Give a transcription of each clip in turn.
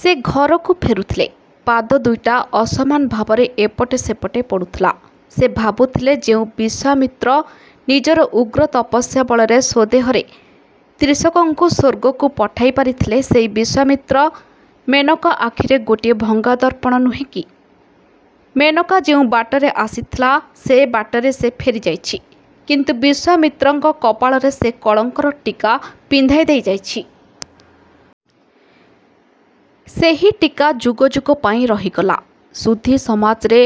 ସେ ଘରକୁ ଫେରୁଥିଲେ। ପାଦ ଦୁଇଟା ଅସମାନ ଭାବରେ ଏପଟେ ସେପଟେ ପଡ଼ୁଥିଲା। ସେ ଭାବୁଥିଲେ ଯେଉଁ ବିଶ୍ୱାମିତ୍ର ନିଜର ଉଗ୍ର ତପସ୍ୟା ବଳରେ ସ୍ୱଦେହରେ ତ୍ରିଶଙ୍କୁକୁ ସ୍ୱର୍ଗକୁ ପଠାଇ ପାରିଥିଲେ ସେହି ବିଶ୍ୱାମିତ୍ର ମେନକା ଆଖିରେ ଗୋଟିଏ ଭଙ୍ଗାଦର୍ପଣ ନୁହେଁ କି? ମେନକା ଯେଉଁ ବାଟରେ ଆସିଥିଲା ସେହି ବାଟରେ ସେ ଫେରିଯାଇଛି; କିନ୍ତୁ ବିଶ୍ୱାମିତ୍ରଙ୍କ କପାଳରେ ସେ କଳଙ୍କର ଟୀକା ପିନ୍ଧାଇଦେଇ ଯାଇଛି। ସେହି ଟୀକା ଯୁଗଯୁଗ ପାଇଁ ରହିଗଲା। ସୁଧୀ ସମାଜରେ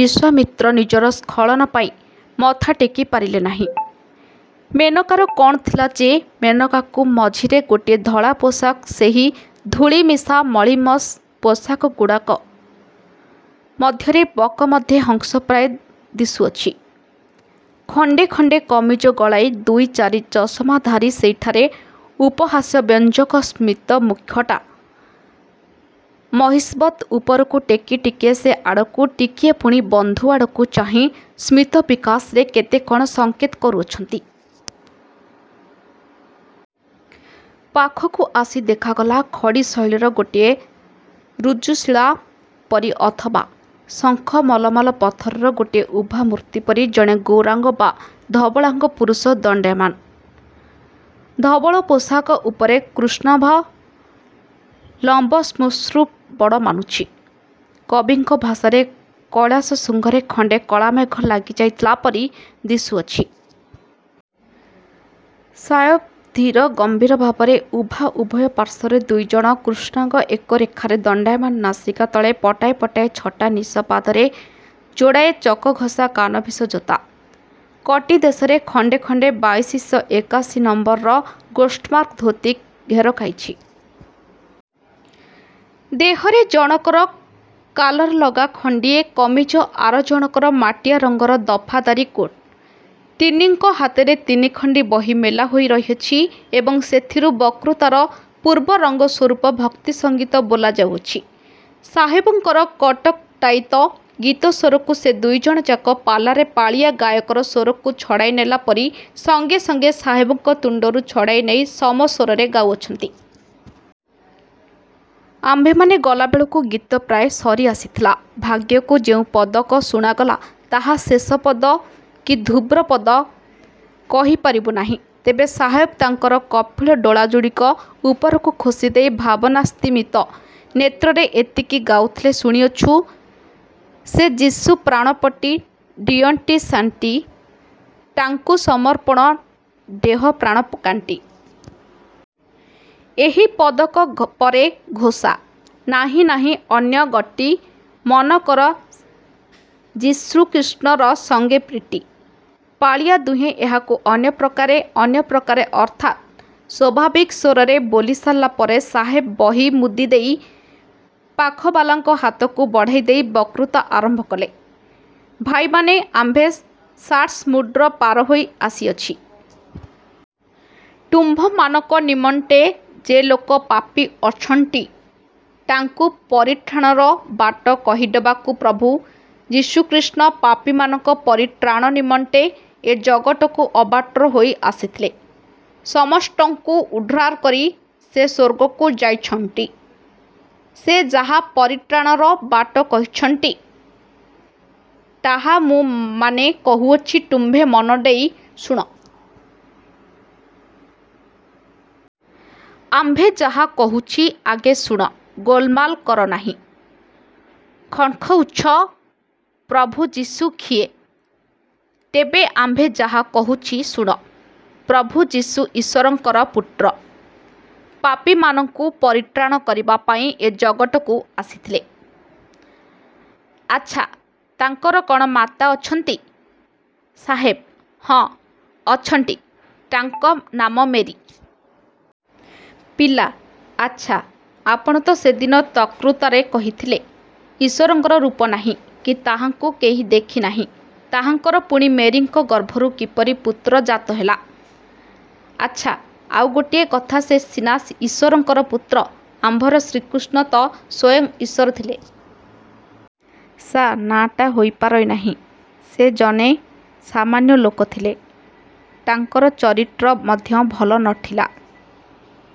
ବିଶ୍ୱାମିତ୍ର ନିଜର ସ୍ଖଳନ ପାଇଁ ମଥାଟେକି ପାରିଲେ ନାହିଁ। ମେନକାର କ'ଣ ଥିଲା ଯେ ମେନକାକୁ। ମଝିରେ ଗୋଟିଏ ଧଳାପୋଷାକ ସେହି ଧୂଳିମିଶା ମଳୀମସ ପୋଷାକଗୁଡ଼ାକ ମଧ୍ୟରେ 'ବକ ମଧ୍ୟେ ହଂସ ପ୍ରାୟ' ଦିଶୁଅଛି। ଖଣ୍ତେ ଖଣ୍ତେ କମିଜ ଗଳାଇ ଦୁଇ ଚାରି ଚଷମାଧାରୀ ସେହିଠାରେ ଉପହାସବ୍ୟଞ୍ଜକ ସ୍ମିତ ମୁଖଟା ମହିଷବତ୍ ଉପରକୁ ଟେକି ଟିକିଏ ସେ ଆଡ଼କୁ ଟିକିଏ ପୁଣି ବନ୍ଧୁ ଆଡ଼କୁ ଚାହିଁ ସ୍ମିତବିକାଶରେ କେତେ କଣ ସଙ୍କେତ କରୁଅଛନ୍ତି। ପାଖକୁ ଆସି ଦେଖାଗଲା, ଖଡ଼ିଶୈଳର ଗୋଟିଏ ଋଜୁଶିଳା ପରି ଅଥବା ଶଙ୍ଖମଲମଲ ପଥରର ଗୋଟିଏ ଉଭାମୂର୍ତ୍ତି ପରି ଜଣେ ଗୌରାଙ୍ଗ ବା ଧବଳାଙ୍ଗ ପୁରୁଷ ଦଣ୍ତାୟମାନ। ଧବଳପୋଷାକ ଉପରେ କୃଷ୍ଣାଭ ଲମ୍ବ ଶ୍ମଶ୍ରୁ ବଡ଼ ମାନୁଛି। କବିଙ୍କ ଭାଷାରେ କୈଳାସଶୃଙ୍ଗରେ ଖଣ୍ତେ କଳାମେଘ ଲାଗିଯାଇଥିଲା ପରି ଦିଶୁଅଛି। ସାହେବ ଧୀର ଗମ୍ଭୀର ଭାବରେ ଉଭା ଉଭୟ ପାର୍ଶ୍ୱରେ ଦୁଇ ଜଣ କୃଷ୍ଣାଙ୍ଗ ଏକ ରେଖାରେ ଦଣ୍ଡାୟମାନ ନାସିକା ତଳେ ପଟାଏ ପଟାଏ ଛଟା ନିଶ ପାଦରେ ଯୋଡ଼ାଏ ଚକଘଷା କାନବିସ ଯୋତା। କଟିଦେଶରେ ଖଣ୍ଡେ ଖଣ୍ତେ ବାଇଶିଶ ଏକାଶୀ ନମ୍ବରର ଗୋଷ୍ଟମାର୍କ ଧୋତି ଘେର ଖାଇଛି। ଦେହରେ ଜଣକର କାଲରଲଗା ଖଣ୍ତିଏ କମିଜ ଆର ଜଣକର ମାଟିଆ ରଙ୍ଗର ଦଫାଦାରୀ କୋଟ। ତିନିଙ୍କ ହାତରେ ତିନି ଖଣ୍ତି ବହି ମେଲା ହୋଇ ରହିଅଛି ଏବଂ ସେଥିରୁ ବକ୍ତୃତାର ପୂର୍ବରଙ୍ଗସ୍ୱରୂପ ଭକ୍ତିସଙ୍ଗୀତ ବୋଲା ଯାଉଅଛି। ସାହେବଙ୍କର କଟକଟାୟିତ ଗୀତସ୍ୱରକୁ ସେ ଦୁଇଜଣ ଯାକ ପାଲାରେ ପାଳିଆ ଗାୟକର ସ୍ୱରକୁ ଛଡ଼ାଇନେଲା ପରି ସଙ୍ଗେ ସଙ୍ଗେ ସାହେବଙ୍କ ତୁଣ୍ତରୁ ଛଡ଼ାଇନେଇ ସମସ୍ୱରରେ ଗାଉଅଛନ୍ତି। ଆମ୍ଭେମାନେ ଗଲାବେଳକୁ ଗୀତ ପ୍ରାୟ ସରିଆସିଥିଲା। ଭାଗ୍ୟକୁ ଯେଉଁ ପଦକ ଶୁଣାଗଲା, ତାହା ଶେଷ ପଦ, କି ଧ୍ରୁବପଦ, କହି ପାରିବୁଁ ନାହିଁ ତେବେ ସାହେବ ତାଙ୍କର କପିଳ ଡୋଳା ଯୋଡ଼ିକ ଉପରକୁ ଖୋଷିଦେଇ ଭାବନାସ୍ତିମିତ ନେତ୍ରରେ ଏତିକି ଗାଉଥିଲେ ଶୁଣିଅଛୁଁ। ସେ ଯିଶୁ ପ୍ରାଣପଟି ଡିଅଣ୍ଟି ଶାଣ୍ଟି ଟାଙ୍କୁ ସମର୍ପ ଡେହପ୍ରାଣ କାଣ୍ଟି। ଏହି ପଦକ ପରେ ଘୋଷା- ନାହିଁ ନାହିଁ ଅନ୍ୟ ଗଟି ମନ କର ଯୀଶୁଖ୍ରୀଷ୍ଟର ସଙ୍ଗେ ପ୍ରୀଟି। ପାଳିଆ ଦୁହେଁ ଏହାକୁ ଅନ୍ୟପ୍ରକାରେ, ଅନ୍ୟପ୍ରକାରେ ଅର୍ଥାତ୍ ସ୍ୱାଭାବିକ ସ୍ୱରରେ ବୋଲିସାରିଲା ପରେ ସାହେବ ବହି ମୁଦିଦେଇ ପାଖବାଲାଙ୍କ ହାତକୁ ବଢ଼ାଇଦେଇ ବକ୍ତୃତା ଆରମ୍ଭ କଲେ- 'ଭାଇମାନେ, ଆମ୍ଭେ ସାଟ୍ସମୁଡ୍ର ପାର ହୋଇ ଆସିଅଛି। ଟୁମ୍ବମାନଙ୍କ ନିମଣ୍ଟେ ଯେ ଲୋକ ପାପୀ ଅଛଣ୍ଟି, ଟାଙ୍କୁ ପରିଠ୍ରାଣର ବାଟ କହିଡେବାକୁ, ପ୍ରଭୁ ଯୀଶୁଖ୍ରୀଷ୍ଟ ପାପିମାନଙ୍କ ପରିଟ୍ରାଣ ନିମଣ୍ଟେ ଏ ଜଗଟକୁ ଅବଟାର ହୋଇ ଆସିଥିଲେ। ସମଷ୍ଟଙ୍କୁ ଉଡ୍ଢାର କରି ସେ ସ୍ୱର୍ଗକୁ ଯାଇଚ୍ଛଣ୍ଟି। ସେ ଯାହା ପରିଟ୍ରାଣର ବାଟ କହିଛଣ୍ଟି ଟାହା ମୁଁ ମାନେ କହୁଅଛି ଟୁମ୍ବେ ମନ ଡେଇ ଶୁଣ। ଆମ୍ବେ ଯାହା କହୁଛି ଆଗେ ଶୁଣ ଗୋଲମାଲ କର ନାହିଁ। ଖଣ୍କହୁଛ- ପ୍ରଭୁ ଯୀଶୁ ଖିଏ? ଟେବେ ଆମ୍ବେ ଯାହା କହୁଛି ଶୁଣ। ପ୍ରଭୁ ଯୀଶୁ ଈଶ୍ୱରଙ୍କର ପୁଟ୍ର, ପାପିମାନଙ୍କୁ ପରିଟ୍ରାଣ କରିବାପାଇଁ ଏ ଜଗଟକୁ ଆସିଥିଲେ। ''ଆଚ୍ଛା, ତାଙ୍କର କଣ ମାତା ଅଛନ୍ତି? '' ସାହେବ-ହଁ, ଅଛଣ୍ଟି ଟାଙ୍କ ନାମ ମେରୀ। ପିଲା- ଆଚ୍ଛା, ଆପଣ ତ ସେ ଦିନ ତକ୍ତୃତାରେ କହିଥିଲେ, ଈଶ୍ୱରଙ୍କର ରୂପ ନାହିଁ, କି ତାହାଙ୍କୁ କେହି ଦେଖି ନାହିଁ। ତାଙ୍କର ପୁଣି ମେରୀଙ୍କ ଗର୍ଭରୁ କିପରି ପୁତ୍ର ଜାତ ହେଲା? ଆଚ୍ଛା, ଆଉ ଗୋଟିଏ କଥା ସେ ସିନା ଈଶ୍ୱରଙ୍କର ପୁତ୍ର, ଆମ୍ଭର ଶ୍ରୀକୃଷ୍ଣ ତ ସ୍ୱୟଂ ଈଶ୍ୱର ଥିଲେ। ସା- ନା, ଟା ହୋଇ ପାରଇ ନାହିଁ। ସେ ଜନେ ସାମାନ୍ୟ ଲୋକ ଥିଲେ। ଟାଙ୍କର ଚରିଟ୍ର ମଧ୍ୟ ଭଲ ନ ଠିଲା।